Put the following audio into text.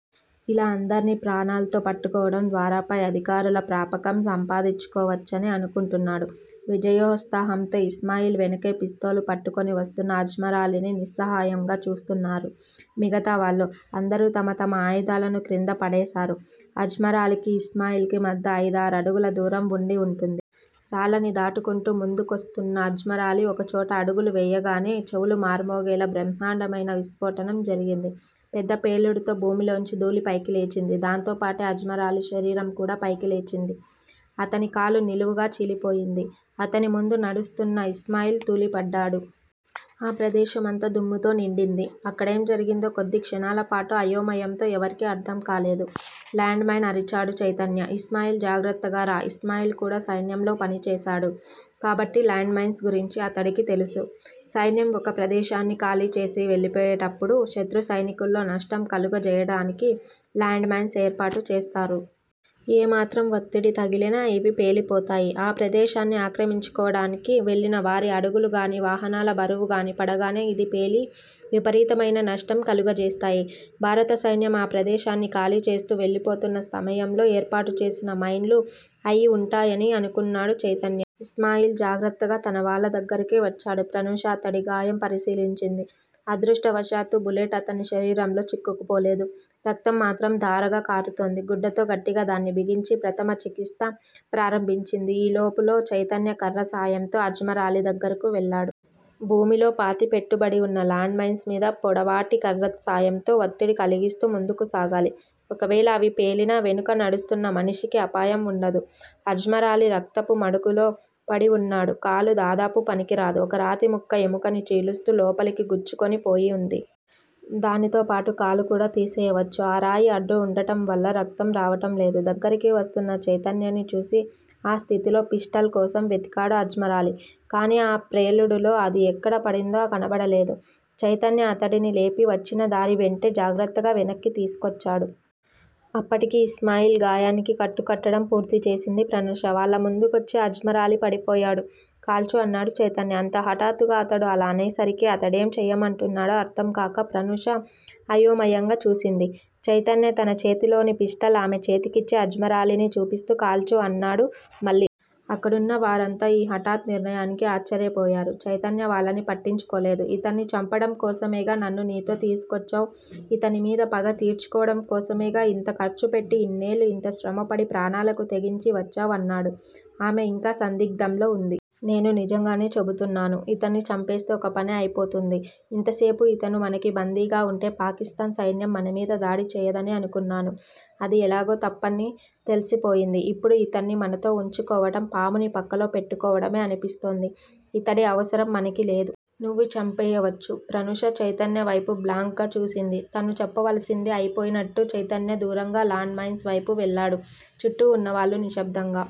ఇలా అందర్నీ ప్రాణాల్తో పట్టుకోవడం ద్వారా పై అధికారుల ప్రాపకం సంపాదించుకోవచ్చని అనుకుంటున్నాడు. విజయోత్సాహంతో ఇస్మాయిల్ వెనుకే పిస్తోలు పట్టుకుని వస్తూన్న అజ్మరాలీని నిస్సహాయంగా చూస్తున్నారు మిగతావాళ్ళు. అందరూ తమ తమ ఆయుధాలను క్రింద పడేసారు. అజ్మరాలీకీ, ఇస్మాయిల్ కీ మధ్య అయిదారడుగుల దూరం వుండి వుంటుంది. రాళ్ళని దాటుకుంటూ ముందుకొస్తూన్న అజ్మరాలీ, ఒక చోట అడుగు వేయగానే, చెవులు మార్మోగేలా బ్రహ్మాండమైన విస్ఫోటనం జరిగింది. పెద్ద పేలుడుతో భూమిలోంచి థూళి పైకిలేచింది. దాంతోపాటే అజ్మరాలీ శరీరం కూడా పైకి లేచింది. అతని కాలు నిలువుగా చీలిపోయింది. అతని ముందు నడుస్తూన్న ఇస్మాయిల్ తూలిపడ్డాడు. ఆ ప్రదేశమంతా దుమ్ముతో నిండింది. అక్కడేం జరిగిందో, కొద్దిక్షణాల పాటు అయోమయంతో ఎవరికీ అర్ధంకాలేదు. లాండ్ మైన్ అరిచాడు చైతన్య. ఇస్మాయిల్- జాగ్రత్తగా రా ఇస్మాయిల్ కూడా సైన్యంలో పనిచేశాడు కాబట్టి 'లాండ్ మైన్స్' గురించి అతడికి తెలుసు. సైన్యం ఒక ప్రదేశాన్ని ఖాళీ చేసి వెళ్ళిపోయేటప్పుడు శత్రు సైనికుల్లో నష్టం కలుగచేయటానికి లాండ్ మైన్స్ ఏర్పాటు చేస్తారు. ఏ మాత్రం వత్తిడి తగిలినా ఇవి పేలిపోతాయి. ఆ ప్రదేశాన్ని ఆక్రమించుకోవటానికి వెళ్ళిన వారి అడుగు గానీ, వాహనాల బరువుగానీ పడగానే, ఇది పేలి, విపరీతమైన నష్టం కలుగచేస్తాయి. భారత సైన్యం ఆ ప్రదేశాన్ని ఖాళీచేస్తూ వెళ్ళిపోతున్న సమయంలో ఏర్పాటు చేసిన మైన్లు అయి వుంటాయని అనుకున్నాడు చైతన్య. ఇస్మాయిల్ జాగ్రత్తగా తన వాళ్ళ దగ్గరికి వచ్చాడు. ప్రనూష అతడి గాయం పరిశీలించింది. అదృష్టవశాత్తు బుల్లెట్ అతని శరీరంలో చిక్కుకుపోలేదు. రక్తం మాత్రం ధారగా కారుతూంది. గుడ్డతో గట్టిగా దాన్ని బిగించి, ప్రధమ చికిత్స ప్రారంభించింది. ఈ లోపులో చైతన్య కర్ర సాయంతో అజ్మరాలీ దగ్గిరికి వెళ్ళాడు. భూమిలో పాతి పెట్టబడి వున్న లాండ్ మైన్స్ మీద పొడవాటి కర్ర సాయంతో వత్తిడి కలిగిస్తూ ముందుకు సాగాలి. ఒకవేళ అవి పేలినా, వెనుక నడుస్తున్న మనిషికి అపాయం వుండదు. అజ్మరాలీ రక్తపు మడుగులో పడి వున్నాడు. కాలు దాదాపు పనికిరాదు. ఒక రాతిముక్క ఎముకని చీలుస్తూ లోపలికి గుచ్చుకుని పోయి వుంది. దానితో పాటు కాలు కూడా తీసెయ్యవచ్చు. ఆ రాయి అడ్డు వుండటంవల్ల రక్తం రావటం లేదు. దగ్గరికి వస్తూన్న చైతన్యని చూసి ఆ స్థితిలో పిస్టల్ కోసం వెతికాడు అజ్మరాలీ. కానీ ఆ ప్రేలుడులో అది ఎక్కడ పడిందో కనపడలేదు. చైతన్య అతడిని లేపి, వచ్చిన దారి వెంటే జాగ్రత్తగా వెనక్కి తీసుకొచ్చాడు. అప్పటికి ఇస్మాయిల్ గాయానికి కట్టు కట్టడం పూర్తిచేసింది ప్రనూష. వాళ్ళ ముందుకొచ్చి అజ్మరాలీ పడిపోయాడు. కాల్చు అన్నాడు చైతన్య. అంత హఠాత్తుగా అతడు అలా అనేసరికి, అతడేం చెయ్యమంటున్నాడో అర్ధంకాక ప్రనూష అయోమయంగా చూసింది. చైతన్య తన చేతిలోని పిస్టల్ ఆమె చేతికిచ్చి అజ్మరాలీని చూపిస్తూ కాల్చు అన్నాడు మళ్ళీ. అక్కడున్న వారంతా ఈ హఠాత్ నిర్ణయానికి ఆశ్చర్యపోయారు. చైతన్య వాళ్ళని పట్టించుకోలేదు. ఇతన్ని చంపటం కోసమేగా నన్ను నీతో తీసుకొచ్చావ్. ఇతని మీద పగ తీర్చుకోవడం కోసమేగా ఇంత ఖర్చు పెట్టి ఇన్నేళ్ళు ఇంత శ్రమపడి ప్రాణాలకు తెగించి వచ్చావ్ అన్నాడు. ఆమె ఇంకా సందిగ్ధంలో వుంది. నేను నిజంగానే చెపుతున్నాను. ఇతన్ని చంపేస్తే ఒక పని అయిపోతుంది. ఇంతసేపూ ఇతను మనకి బందీగా వుంటే పాకిస్తాన్ సైన్యం మనమీద దాడి చెయ్యదని అనుకున్నాను. అది ఎలాగూ తప్పని తెలిసిపోయింది. ఇప్పుడు యితన్ని మనతో వుంచుకోవటం పాముని పక్కలో పెట్టుకోవడమే అనిపిస్తోంది. ఇతడి అవసరం మనకి లేదు. నువ్వు చంపెయ్యవచ్చు. ప్రనూష చైతన్య వైపు బ్లాంక్ గా చూసింది. తను చెప్పవలసింది అయిపోయినట్టు చైతన్య దూరంగా, లాండ్ మైన్స్ వైపు వెళ్ళాడు. చుట్టూ వున్నవాళ్ళు నిశ్శబ్దంగా